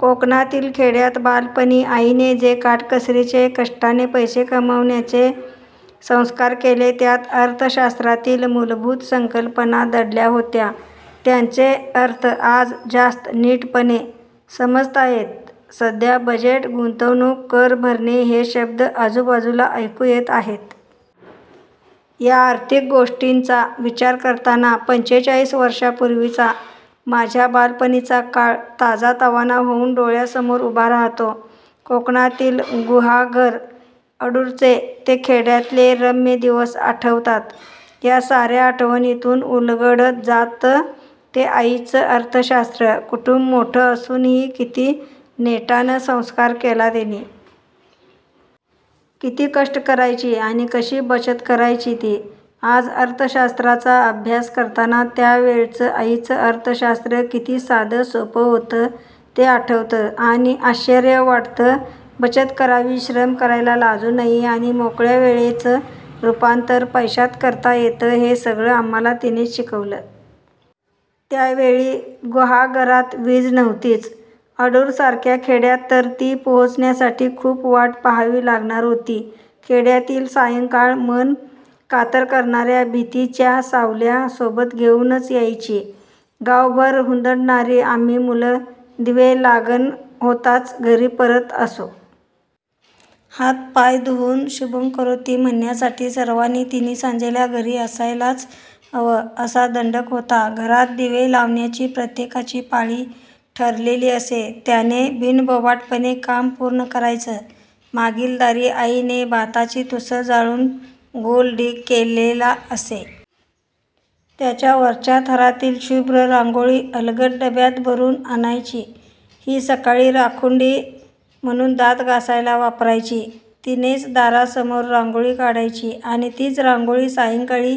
कोकणातील खेड्यात बालपणी आईने जे काटकसरीचे, कष्टाने पैसे कमावण्याचे संस्कार केले, त्यात अर्थशास्त्रातील मूलभूत संकल्पना दडल्या होत्या. त्यांचे अर्थ आज जास्त नीटपणे समजताहेत! सध्या बजेट, गुंतवणूक, कर भरणे हे शब्द आजूबाजूला ऐकू येत आहेत. या आर्थिक गोष्टींचा विचार करताना पंचेचाळीस वर्षांपूर्वीचा माझ्या बालपणीचा काळ ताजातवाना होऊन डोळ्यांसमोर उभा राहतो. कोकणातील गुहागर-अडूरचे ते खेड्यातले रम्य दिवस आठवतात. या साऱ्या आठवणींतून उलगडत जातं ते आईचं अर्थशास्त्र! कुटुंब मोठं असूनही किती नेटानं संस्कार केला तिने! किती कष्ट करायची आणि कशी बचत करायची ती! आज अर्थशास्त्राचा अभ्यास करताना त्या वेळचं आईचं अर्थशास्त्र किती साधं, सोपं होतं ते आठवतं आणि आश्चर्य वाटतं. बचत करावी, श्रम करायला लाजू नये आणि मोकळ्या वेळेचं रूपांतर पैशात करता येतं हे सगळं आम्हांला तिनेच शिकवलं. त्यावेळी गुहागरात वीज नव्हतीच. अडूरसारख्या खेड्यात तर ती पोहोचण्यासाठी खूप वाट पाहावी लागणार होती. खेड्यातली सायंकाळ मन कातर करणाऱ्या भीतीच्या सावल्या सोबत घेऊनच यायची. गावभर हुंदडणारी आम्ही मुलं दिवेलागण होताच घरी परत असू. हातपाय धुऊन 'शुभंकरोती' म्हणण्यासाठी सर्वांनी तिन्हीसांजेला घरी असायलाच हवं, असा दंडक होता. घरात दिवे लावण्याची प्रत्येकाची पाळी ठरलेली असे; त्याने बिनबोभाटपणे काम पूर्ण करायचं. मागीलदारी आईने भाताची तुसं जाळून गोल ढीग केलेला असे. त्याच्या वरच्या थरातली शुभ्र रांगोळी अलगद डब्यात भरून आणायची. ही सकाळी राखुंडी म्हणून दात घासायला वापरायची; तिनेच दारासमोर रांगोळी काढायची आणि तीच रांगोळी सायंकाळी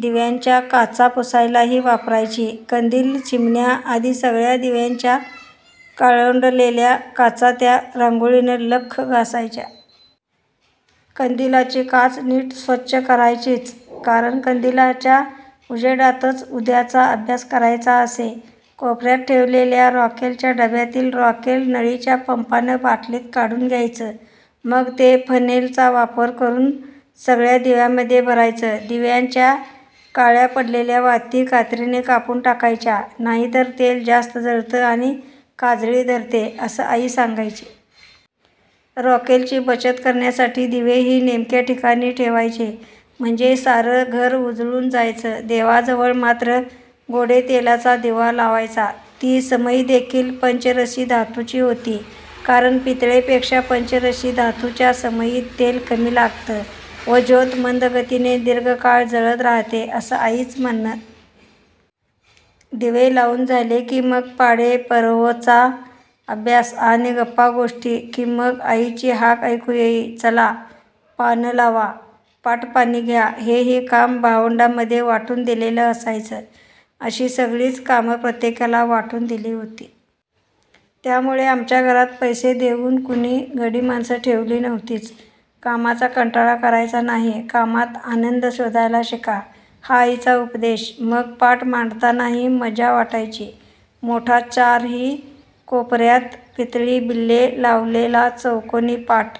दिव्यांच्या काचा पुसायलाही वापरायची. कंदील, चिमण्या अदी सगळ्या दिव्यांच्या काळवंडलेल्या काचा त्या रांगोळीनं लख्ख घासायच्या. कंदिलाची काच नीट स्वच्छ करायचीच, कारण कंदिलाच्या उजेडातच उद्याचा अभ्यास करायचा असे. कोपऱ्यात ठेवलेल्या रॉकेलच्या डब्यातील रॉकेल नळीच्या पंपानं बाटलीत काढून घ्यायचं, मग ते फनेलचा वापर करून सगळ्या दिव्यांमध्ये भरायचं. दिव्यांच्या काळ्या पडलेल्या वाती कात्रीने कापून टाकायच्या, नाहीतर तेल जास्त जळतं आणि काजळी धरते, असं आई सांगायची. रॉकेलची बचत करण्यासाठी दिवेही नेमक्या ठिकाणी ठेवायचे, म्हणजे सारं घर उजळून जायचं. देवाजवळ मात्र गोडेतेलाचा दिवा लावायचा. ती समईदेखील पंचरसी धातूची होती; कारण पितळेपेक्षा पंचरसी धातूच्या समईत तेल कमी लागतं व ज्योत मंद गतीने दीर्घकाळ जळत राहाते, असं आईचं म्हणणं! दिवे लावून झाले की मग पाढे, परवचा, अभ्यास आणि गप्पागोष्टी; की मग आईची हाक ऐकू येई 'चला, पानं लावा, पाटपाणी घ्या'. हेही काम भावंडांमध्ये वाटून दिलेलं असायचं. अशी सगळीच कामं प्रत्येकाला वाटून दिली होती. त्यामुळे आमच्या घरात पैसे देऊन कुणी गडीमाणसं ठेवली नव्हतीच. कामाचा कंटाळा करायचा नाही, कामात आनंद शोधायला शिका हा आईचा उपदेश. मग पाट मांडतानाही मजा वाटायची. मोठा, चारही कोपऱ्यात पितळी बिल्ले लावलेला चौकोनी पाट